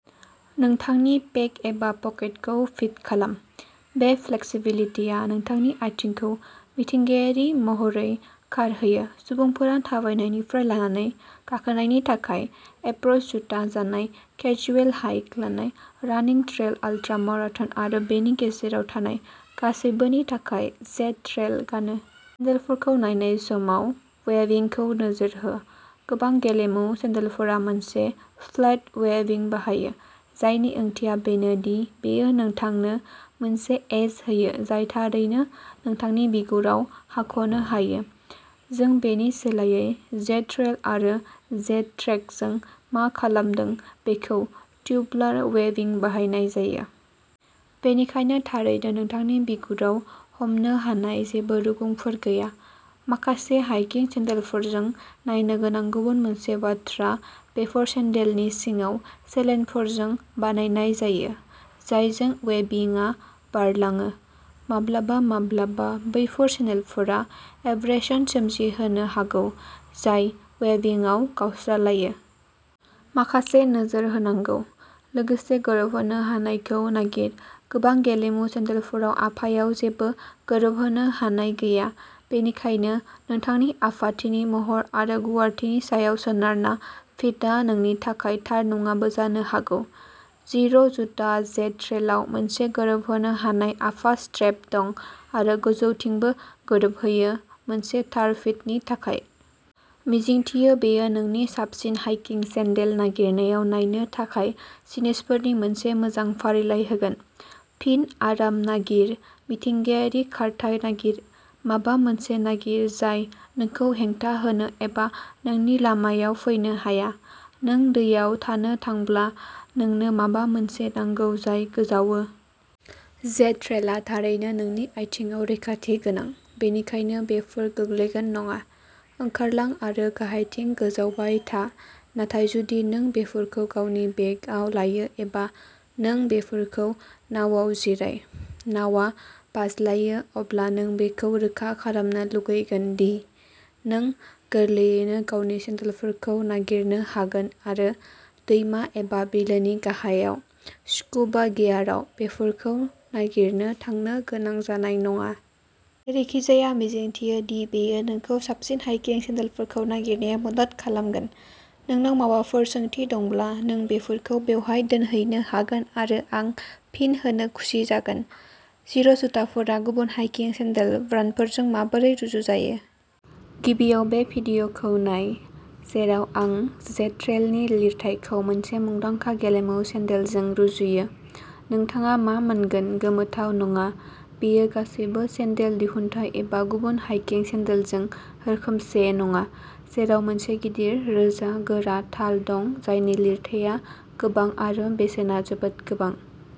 नोंथांनि पेक एबा पकेटखौ फिट खालाम। बे फ्लेक्सिबिलिटिआ नोंथांनि आथिंखौ मिथिंगायारि महरै खारहोयो। सुबुंफोरा थाबायनायनिफ्राय लानानै गाखोनायनि थाखाय एप्र’च जुथा जानाय, केजुएल हाइक लानाय, रानिं ट्रेल आल्ट्रा माराथन आरो बेनि गेजेराव थानाय गासैबोनि थाखाय जेड-ट्रेल गानो। सेन्डलफोरखौ नायनाय समाव, वेबिंखौ नोजोर हो। गोबां गेलेमु सेन्डलफोरा मोनसे फ्लेट वेबिं बाहायो, जायनि ओंथिया बेनो दि बेयो नोंथांनो मोनसे एज होयो जाय थारैनो नोंथांनि बिगुराव हाख'नो हायो। जों बेनि सोलायै जेड-ट्रेल आरो जेड-ट्रेकजों मा खालामदों बेखौ टिउबुलार वेबिं बाहायनाय जायो। बेनिखायनो थारैनो नोंथांनि बिगुराव हमनो हानाय जेबो रुगुंफोर गैया। माखासे हाइकिं सेन्डलफोरजों नायनो गोनां गुबुन मोनसे बाथ्रा बेफोर सेन्डलनि सिङाव चेनेलफोरजों बानायनाय जायो जायजों वेबिंआ बारलाङो। माब्लाबा माब्लाबा बैफोर चेनेलफोरा एब्रेशन सोमजिहोनो हागौ, जाय वेबिंआव गावस्रालायो। माखासेखौ नोजोर होनांगौ। लोगोसे, गोरोबहोनो हानायखौ नागिर। गोबां गेलेमु सेन्देलफोराव आफाङाव जेबो गोरोबहोनो हानाय गैया। बेनिखायनो, नोंनि आफाथिनि महर आरो गुवारथिनि सायाव सोनारना फिटआ नोंनि थाखाय थार नङाबो जानो हागौ। जिर' जुथा जेड-ट्रेलआव मोनसे गोरोबहोनो हानाय आफा स्ट्रेप दं आरो गोजौथिंबो गोरोबहोयो मोनसे थार फिटनि थाखाय। मिजिंथियो, बेयो नोंनो साबसिन हाइकिं सेन्देल नागिरनायाव नायनो थाखाय जिनिसफोरनि मोनसे मोजां फारिलाइ होगोन। फिन, आराम नागिर, मिथिंगायारि खारथाइ नागिर, माबा मोनसे नागिर जाय नोंखौ हेंथा होनो एबा नोंनि लामायाव फैनो हाया। नों दैयाव थानो थांब्ला, नोंनो माबा मोनसे नांगौ जाय गोजावो। जेड-ट्रेलआ थारैनो नोंनि आथिंआव रैखाथि गोनां, बेनिखायनो बेफोर गोग्लैगोन नङा। ओंखारलां आरो गाहायथिं गोजावबाय था। नाथाय जुदि नों बेफोरखौ गावनि बेगआव लायो एबा नों बेफोरखौ नावाव जिराय, नावआ बाज्लायो, अब्ला नों बेखौ रोखा खालामनो लुगैगोन दि नों गोरलैयैनो गावनि सेन्देलफोरखौ नागिरनो हागोन आरो दैमा एबा बिलोनि गाहायाव स्कुबा गियारआव बेफोरखौ नागिरनो थांनो गोनां जानाय नङा। जेरैखिजाया, मिजिंथियो दि बेयो नोंखौ साबसिन हाइकिं सेन्देलफोरखौ नागिरनायाव मदद खालामगोन। नोंनाव माबाफोर सोंथि दंब्ला, नों बेफोरखौ बेवहाय दोनहैनो हागोन आरो आं फिन होनो खुसि जागोन। जिर'जुथाफोरा गुबुन हाइकिं सेन्देल ब्रान्डफोरजों माबोरै रुजुजायो? गिबियाव बे भिडिय'खौ नाय जेराव आं जेड-ट्रेलनि लिरथायखौ मोनसे मुंदांखा गेलेमु सेन्देलजों रुजुयो। नोंथाङा मा मोनगोन, गोमोथाव नङा, बेयो गासैबो सेन्देल दिहुनथाय एबा गुबुन हाइकिं सेन्देलजों रोखोमसे नङा, जेराव मोनसे गिदिर, रोजा, गोरा थाल दं जायनि लिरथाया गोबां आरो बेसेना जोबोद गोबां।